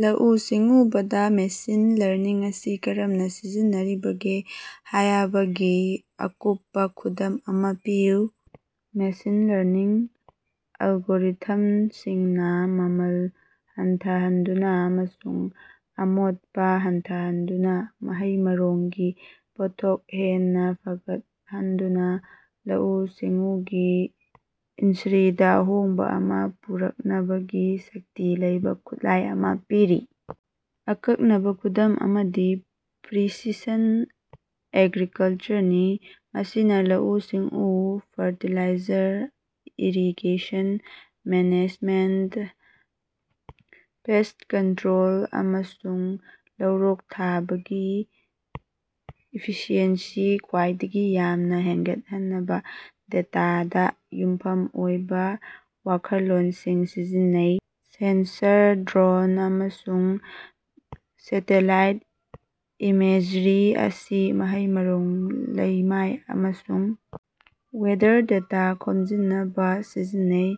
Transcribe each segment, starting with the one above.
ꯂꯧꯑꯨ-ꯁꯤꯡꯑꯨꯗꯥ machine learning ꯑꯁꯤ ꯀꯔꯝꯅꯥ ꯁꯤꯖꯤꯟꯅꯔꯤꯕꯒꯦ ꯍꯥꯌꯕꯒꯤ ꯑꯀꯨꯞꯄꯥ ꯈꯨꯗꯝ ꯑꯃꯥ ꯄꯤꯌꯨ꯫ ꯃꯦꯁꯤꯟ ꯂꯔꯅꯤꯡ ꯑꯜꯒꯣꯔꯤꯊꯝꯁꯤꯡꯅꯥ ꯃꯃꯜ ꯍꯟꯊꯍꯟꯗꯨꯅꯥ ꯑꯃꯁꯨꯡ ꯑꯃꯣꯠꯄꯥ ꯍꯟꯊꯍꯟꯗꯨꯅꯥ ꯃꯍꯩ-ꯃꯔꯣꯡꯒꯤ ꯄꯣꯠꯊꯣꯛ ꯍꯦꯟꯅꯥ ꯐꯒꯠꯍꯟꯗꯨꯅꯥ ꯂꯧꯑꯨ-ꯁꯤꯡꯑꯨꯒꯤ ꯏꯟꯁ꯭ꯔꯤꯗꯥ ꯑꯍꯣꯡꯕꯥ ꯑꯃꯥ ꯄꯨꯔꯛꯅꯕꯒꯤ ꯁꯛꯇꯤ ꯂꯩꯕꯥ ꯈꯨꯠꯂꯥꯏ ꯑꯃꯥ ꯄꯤꯔꯤ꯫ ꯑꯀꯛꯅꯕꯥ ꯈꯨꯗꯝ ꯑꯃꯗꯤ ꯄ꯭ꯔꯤꯁꯤꯁꯟ ꯑꯦꯒ꯭ꯔꯤꯀꯂꯆꯔꯅꯤ, ꯃꯁꯤꯅꯥ ꯂꯧꯑꯨ-ꯁꯤꯡꯑꯨ, fertiliser, irrigation management, pest control, ꯑꯃꯁꯨꯡ ꯂꯧꯔꯣꯛ ꯊꯥꯕꯒꯤ ꯏꯐꯤꯁꯤꯑꯦꯟꯁꯤ ꯈ꯭ꯋꯥꯏꯗꯒꯤ ꯌꯥꯝꯅꯥ ꯍꯦꯟꯒꯠꯍꯟꯅꯕꯥ ꯗꯦꯇꯥꯗꯥ ꯌꯨꯝꯐꯝ ꯑꯣꯏꯕꯥ ꯋꯥꯈꯜꯂꯣꯟꯁꯤꯡ ꯁꯤꯖꯤꯟꯅꯩ꯫ ꯁꯦꯟꯁꯔ, ꯗ꯭ꯔꯣꯟ, ꯑꯃꯁꯨꯡ ꯁꯦꯇꯦꯂꯥꯏꯠ ꯏꯃꯦꯖ꯭ꯔꯤ ꯑꯁꯤ ꯃꯍꯩ-ꯃꯔꯣꯡ, ꯂꯩꯃꯥꯏ ꯑꯃꯁꯨꯡ ꯋꯦꯗꯔ ꯗꯦꯇꯥ ꯈꯣꯝꯖꯤꯟꯅꯕꯥ ꯁꯤꯖꯤꯟꯅꯩ꯫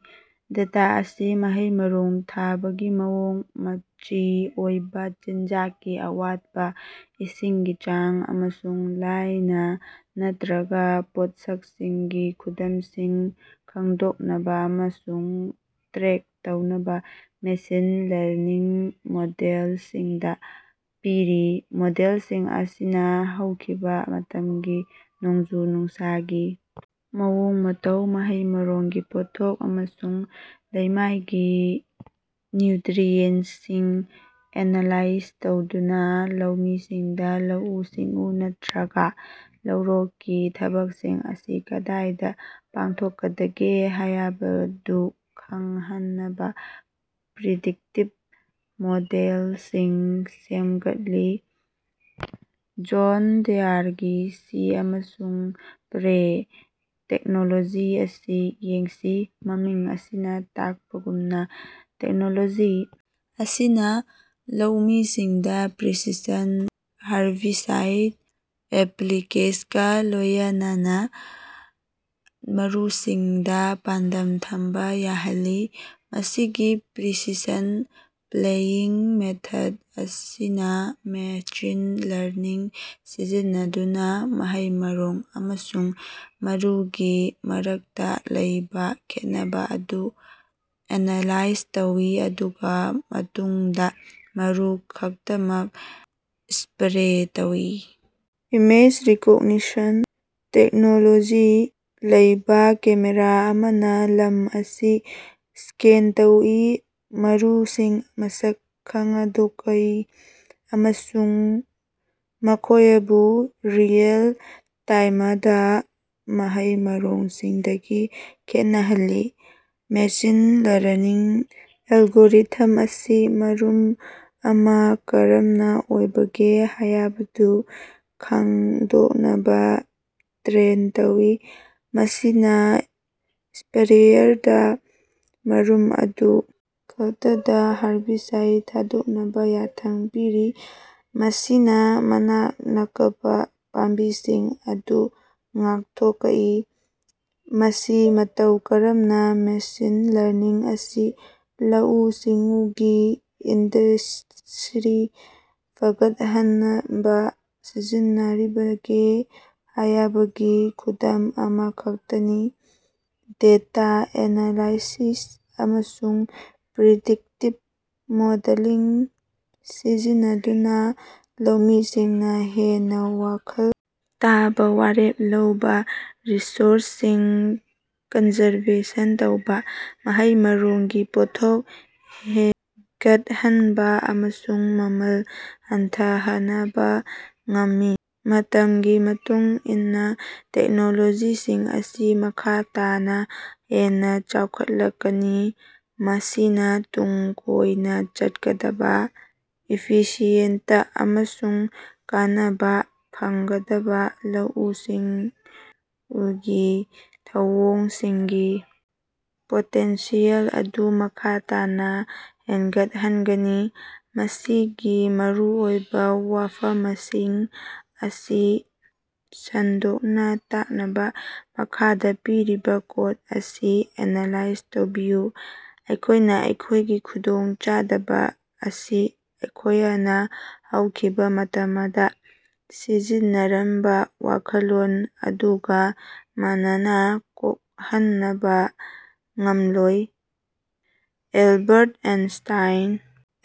ꯗꯦꯇꯥ ꯑꯁꯤ ꯃꯍꯩ-ꯃꯔꯣꯡ ꯊꯥꯕꯒꯤ ꯃꯑꯣꯡ, ꯃꯆꯤ ꯑꯣꯏꯕꯥ ꯆꯤꯟꯖꯥꯛꯀꯤ ꯑꯋꯥꯠꯄꯥ, ꯏꯁꯤꯡꯒꯤ ꯆꯥꯡ, ꯑꯃꯁꯨꯡ ꯂꯥꯏꯅꯥ ꯅꯠꯇ꯭ꯔꯒꯥ ꯄꯣꯠꯁꯛꯁꯤꯡꯒꯤ ꯈꯨꯗꯝꯁꯤꯡ ꯈꯡꯗꯣꯛꯅꯕꯥ ꯑꯃꯁꯨꯡ ꯇ꯭ꯔꯦꯛ ꯇꯧꯅꯕꯥ ꯃꯦꯁꯤꯟ ꯂꯔꯅꯤꯡ ꯃꯣꯗꯦꯜꯁꯤꯡꯗꯥ ꯄꯤꯔꯤ꯫ ꯃꯣꯗꯦꯜꯁꯤꯡ ꯑꯁꯤꯅꯥ ꯍꯧꯈꯤꯕꯥ ꯃꯇꯝꯒꯤ ꯅꯣꯡꯖꯨ-ꯅꯨꯡꯁꯥꯒꯤ ꯃꯑꯣꯡ-ꯃꯇꯧ, ꯃꯍꯩ-ꯃꯔꯣꯡꯒꯤ ꯄꯣꯠꯊꯣꯛ, ꯑꯃꯁꯨꯡ ꯂꯩꯃꯥꯏꯒꯤ ꯅ꯭ꯌꯨꯇ꯭ꯔꯤꯑꯦꯟꯇꯁꯤꯡ ꯑꯦꯅꯥꯂꯥꯏꯖ ꯇꯧꯗꯨꯅꯥ ꯂꯧꯃꯤꯁꯤꯡꯗꯥ ꯂꯧꯑꯨ-ꯁꯤꯡꯑꯨ ꯅꯠꯇ꯭ꯔꯥꯒ ꯂꯧꯔꯣꯛꯀꯤ ꯊꯕꯛꯁꯤꯡ ꯑꯁꯤ ꯀꯗꯥꯏꯗꯥ ꯄꯥꯡꯊꯣꯛꯀꯗꯒꯦ ꯍꯥꯌꯕꯗꯨ ꯈꯡꯍꯟꯅꯕꯥ ꯄ꯭ꯔꯤꯗꯤꯛꯇꯤꯚ ꯃꯣꯗꯦꯂꯁꯤꯡ ꯁꯦꯝꯒꯠꯂꯤ꯫ ꯖꯣꯟ ꯗꯤꯌꯔꯒꯤ "ꯁꯤ ꯑꯃꯁꯨꯡ ꯁꯄ꯭ꯔꯦ" ꯇꯦꯛꯅꯣꯂꯣꯖꯤ ꯑꯁꯤ ꯌꯦꯡꯁꯤ꯫ ꯃꯃꯤꯡ ꯑꯁꯤꯅꯥ ꯇꯥꯛꯄꯒꯨꯝꯅꯥ ꯇꯦꯛꯅꯣꯂꯣꯖꯤ ꯑꯁꯤꯅꯥ ꯂꯧꯃꯤꯁꯤꯡꯗꯥ ꯄ꯭ꯔꯤꯁꯤꯁꯟ ꯍꯥꯔꯕꯤꯁꯥꯏꯗ ꯑꯦꯄ꯭ꯂꯤꯀꯦꯁꯒ ꯂꯣꯌꯅꯅꯥ ꯃꯔꯨꯁꯤꯡꯗꯥ ꯄꯥꯟꯗꯝ ꯊꯝꯕꯥ ꯌꯥꯍꯜꯂꯤ꯫ ꯃꯁꯤꯒꯤ ꯄ꯭ꯔꯤꯁꯤꯁꯟ ꯁꯄ꯭ꯔꯦꯌꯤꯡ ꯃꯦꯊꯗ ꯑꯁꯤꯅꯥ ꯃꯦꯁꯤꯟ ꯂꯔꯅꯤꯡ ꯁꯤꯖꯤꯟꯅꯗꯨꯅꯥ ꯃꯍꯩ-ꯃꯔꯣꯡ ꯑꯃꯁꯨꯡ ꯃꯔꯨꯒꯤ ꯃꯔꯛꯇꯥ ꯂꯩꯕꯥ ꯈꯦꯠꯅꯕꯥ ꯑꯗꯨ ꯑꯦꯅꯥꯂꯥꯏꯖ ꯇꯧꯏ ꯃꯗꯨꯒꯤ ꯃꯇꯨꯡꯗꯥ ꯃꯔꯨ ꯈꯛꯇꯃꯛ ꯁꯄ꯭ꯔꯦ ꯇꯧꯏ꯫ ꯏꯃꯦꯖ-ꯔꯤꯀꯣꯒꯅꯤꯁꯟ ꯇꯦꯛꯅꯣꯂꯣꯖꯤ ꯂꯩꯕꯥ ꯀꯦꯃꯦꯔꯥ ꯑꯃꯅꯥ ꯂꯝ ꯑꯁꯤ ꯁ꯭ꯀꯦꯟ ꯇꯧꯏ, ꯃꯔꯨꯁꯤꯡ ꯃꯁꯛ ꯈꯉꯗꯣꯀꯏ ꯑꯃꯁꯨꯡ ꯃꯈꯣꯌꯕꯨ ꯔꯤꯑꯦꯜ-ꯇꯥꯏꯃꯗꯥ ꯃꯍꯩ-ꯃꯔꯣꯡꯁꯤꯡꯗꯒꯤ ꯈꯦꯠꯅꯍꯜꯂꯤ꯫ ꯃꯦꯁꯤꯟ ꯂꯔꯅꯤꯡ ꯑꯦꯜꯒꯣꯔꯤꯊꯝ ꯑꯁꯤ ꯃꯔꯨꯝ ꯑꯃꯥ ꯀꯔꯝꯅꯥ ꯑꯣꯏꯕꯒꯦ ꯍꯥꯌꯕꯗꯨ ꯈꯡꯗꯣꯛꯅꯕꯥ ꯇ꯭ꯔꯦꯟ ꯇꯧꯏ, ꯃꯁꯤꯅꯥ ꯁꯄ꯭ꯔꯦꯌꯔꯗꯥ ꯃꯔꯨꯝ ꯑꯗꯨ ꯈꯛꯇꯗꯥ ꯍꯥꯔꯕꯤꯁꯥꯏꯗ ꯊꯥꯗꯣꯛꯅꯕꯥ ꯌꯥꯊꯪ ꯄꯤꯔꯤ, ꯃꯁꯤꯅꯥ ꯃꯅꯥꯛ ꯅꯀꯄꯥ ꯄꯥꯝꯕꯤꯁꯤꯡ ꯑꯗꯨ ꯉꯥꯛꯊꯣꯀꯏ꯫ ꯃꯁꯤ ꯃꯇꯧ ꯀꯔꯝꯅꯥ ꯃꯦꯁꯤꯟ ꯂꯔꯅꯤꯡ ꯑꯁꯤ ꯂꯧꯑꯨ-ꯁꯤꯡꯑꯨꯒꯤ ꯏꯟꯗꯁ꯭ꯔꯤ ꯐꯒꯠꯍꯟꯅꯕꯥ ꯁꯤꯖꯤꯟꯅꯔꯤꯕꯒꯦ ꯍꯥꯌꯕꯒꯤ ꯈꯨꯗꯝ ꯑꯃꯈꯛꯇꯅꯤ꯫ ꯗꯦꯇꯥ ꯑꯦꯅꯥꯂꯥꯏꯁꯤꯁ ꯑꯃꯁꯨꯡ ꯄ꯭ꯔꯤꯗꯤꯛꯇꯤꯚ ꯃꯣꯗꯦꯂꯤꯡ ꯁꯤꯖꯤꯟꯅꯗꯨꯅꯥ ꯂꯧꯃꯤꯁꯤꯡꯅꯥ ꯍꯦꯟꯅꯥ ꯋꯥꯈꯜ ꯇꯥꯕꯥ ꯋꯥꯔꯦꯞ ꯂꯧꯕꯥ, ꯔꯤꯁꯣꯔꯁꯁꯤꯡ ꯀꯟꯖꯔꯕꯦꯁꯟ ꯇꯧꯕꯥ, ꯃꯍꯩ-ꯃꯔꯣꯡꯒꯤ ꯄꯣꯠꯊꯣꯛ ꯍꯦꯒꯠꯍꯟꯕꯥ ꯑꯃꯁꯨꯡ ꯃꯃꯜ ꯍꯟꯊꯍꯅꯕꯥ ꯉꯝꯃꯤ꯫ ꯃꯇꯝꯒꯤ ꯃꯇꯨꯡ ꯏꯟꯅꯥ ꯇꯦꯛꯅꯣꯂꯣꯖꯤꯁꯤꯡ ꯑꯁꯤ ꯃꯈꯥ ꯇꯥꯅꯥ ꯍꯦꯟꯅꯥ ꯆꯥꯎꯈꯠꯂꯛꯀꯅꯤ, ꯃꯁꯤꯅꯥ ꯇꯨꯡ ꯀꯣꯏꯅꯥ ꯆꯠꯀꯗꯕꯥ, ꯏꯐꯤꯁꯤꯌꯦꯟꯇ ꯑꯃꯁꯨꯡ ꯀꯥꯟꯅꯕꯥ ꯐꯪꯒꯗꯕꯥ ꯂꯧꯑꯨꯨ-ꯁꯤꯡꯨꯒꯤ ꯊꯧꯑꯣꯡꯁꯤꯡꯒꯤ ꯄꯣꯇꯦꯟꯁꯤꯌꯦꯜ ꯑꯗꯨ ꯃꯈꯥ ꯇꯥꯅꯥ ꯍꯦꯟꯒꯠꯍꯟꯒꯅꯤ꯫ ꯃꯁꯤꯒꯤ ꯃꯔꯨꯑꯣꯏꯕꯥ ꯋꯥꯐꯃꯁꯤꯡ ꯑꯁꯤ ꯁꯟꯗꯣꯛꯅꯥ ꯇꯥꯛꯅꯕꯥ ꯃꯈꯥꯗꯥ ꯄꯤꯔꯤꯕꯥ ꯀꯣꯠ ꯑꯁꯤ ꯑꯦꯅꯥꯂꯥꯏꯖ ꯇꯧꯕꯤꯌꯨ꯫ "ꯑꯩꯈꯣꯏꯅꯥ ꯑꯩꯈꯣꯏꯒꯤ ꯈꯨꯗꯣꯡ ꯆꯥꯗꯕ ꯑꯁꯤ ꯑꯩꯈꯣꯌꯅꯥ ꯍꯧꯈꯤꯕꯥ ꯃꯇꯃꯗꯥ ꯁꯤꯖꯤꯟꯅꯔꯝꯕꯥ ꯋꯥꯈꯜꯂꯣꯟ ꯑꯗꯨꯒꯥ ꯃꯥꯟꯅꯅꯥ ꯀꯣꯛꯍꯟꯅꯕꯥ ꯉꯝꯂꯣꯏ꯫" Albert Einstein.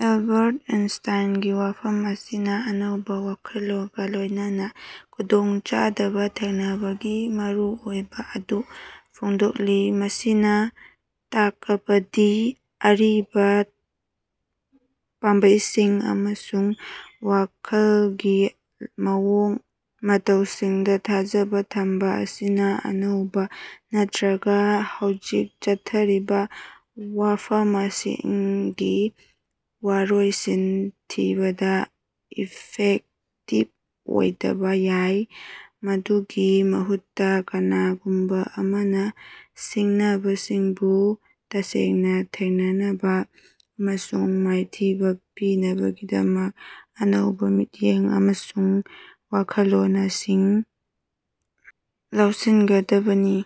ꯑꯦꯂꯕꯥꯔꯠ ꯑꯥꯏꯟꯁꯥꯏꯟꯒꯤ ꯋꯥꯐꯝ ꯑꯁꯤꯅꯥ ꯑꯅꯧꯕꯥ ꯋꯥꯈꯜꯂꯣꯒ ꯂꯣꯏꯅꯅꯥ ꯈꯨꯗꯣꯡ ꯆꯥꯗꯕ ꯊꯦꯡꯅꯕꯒꯤ ꯃꯔꯨꯑꯣꯏꯕꯥ ꯑꯗꯨ ꯐꯣꯡꯗꯣꯛꯂꯤ꯫ ꯃꯁꯤꯅꯥ ꯇꯥꯀꯄꯗꯤ ꯑꯔꯤꯕꯥ ꯄꯥꯝꯕꯩꯁꯤꯡ ꯑꯃꯁꯨꯡ ꯋꯥꯈꯂꯒꯤ ꯃꯑꯣꯡ ꯃꯇꯧꯁꯤꯡꯗꯥ ꯊꯥꯖꯕꯥ ꯊꯝꯕꯥ ꯑꯁꯤꯅꯥ ꯑꯅꯧꯕꯥ ꯅꯠꯇ꯭ꯔꯒꯥ ꯍꯧꯖꯤꯛ ꯆꯠꯊꯔꯤꯕꯥ ꯋꯥꯐꯃꯁꯤꯡꯒꯤ ꯋꯔꯣꯏꯁꯤꯟ ꯊꯤꯕꯗꯥ ꯏꯐꯦꯛꯇꯤꯕ ꯑꯣꯏꯗꯕꯥ ꯌꯥꯏ꯫ ꯃꯗꯨꯒꯤ ꯃꯍꯨꯠꯇꯥ, ꯀꯅꯥꯒꯨꯝꯕꯥ ꯑꯃꯅꯥ ꯁꯤꯡꯅꯕꯁꯤꯡꯕꯨ ꯇꯁꯦꯡꯅꯥ ꯊꯦꯡꯅꯅꯕꯥ ꯑꯃꯁꯨꯡ ꯃꯥꯏꯊꯤꯕꯥ ꯄꯤꯅꯕꯒꯤꯗꯃꯛ ꯑꯅꯧꯕꯥ ꯃꯤꯠꯌꯦꯡ ꯑꯃꯁꯨꯡ ꯋꯥꯈꯜꯂꯣꯅꯁꯤꯡ ꯂꯧꯁꯤꯟꯒꯗꯕꯅꯤ꯫।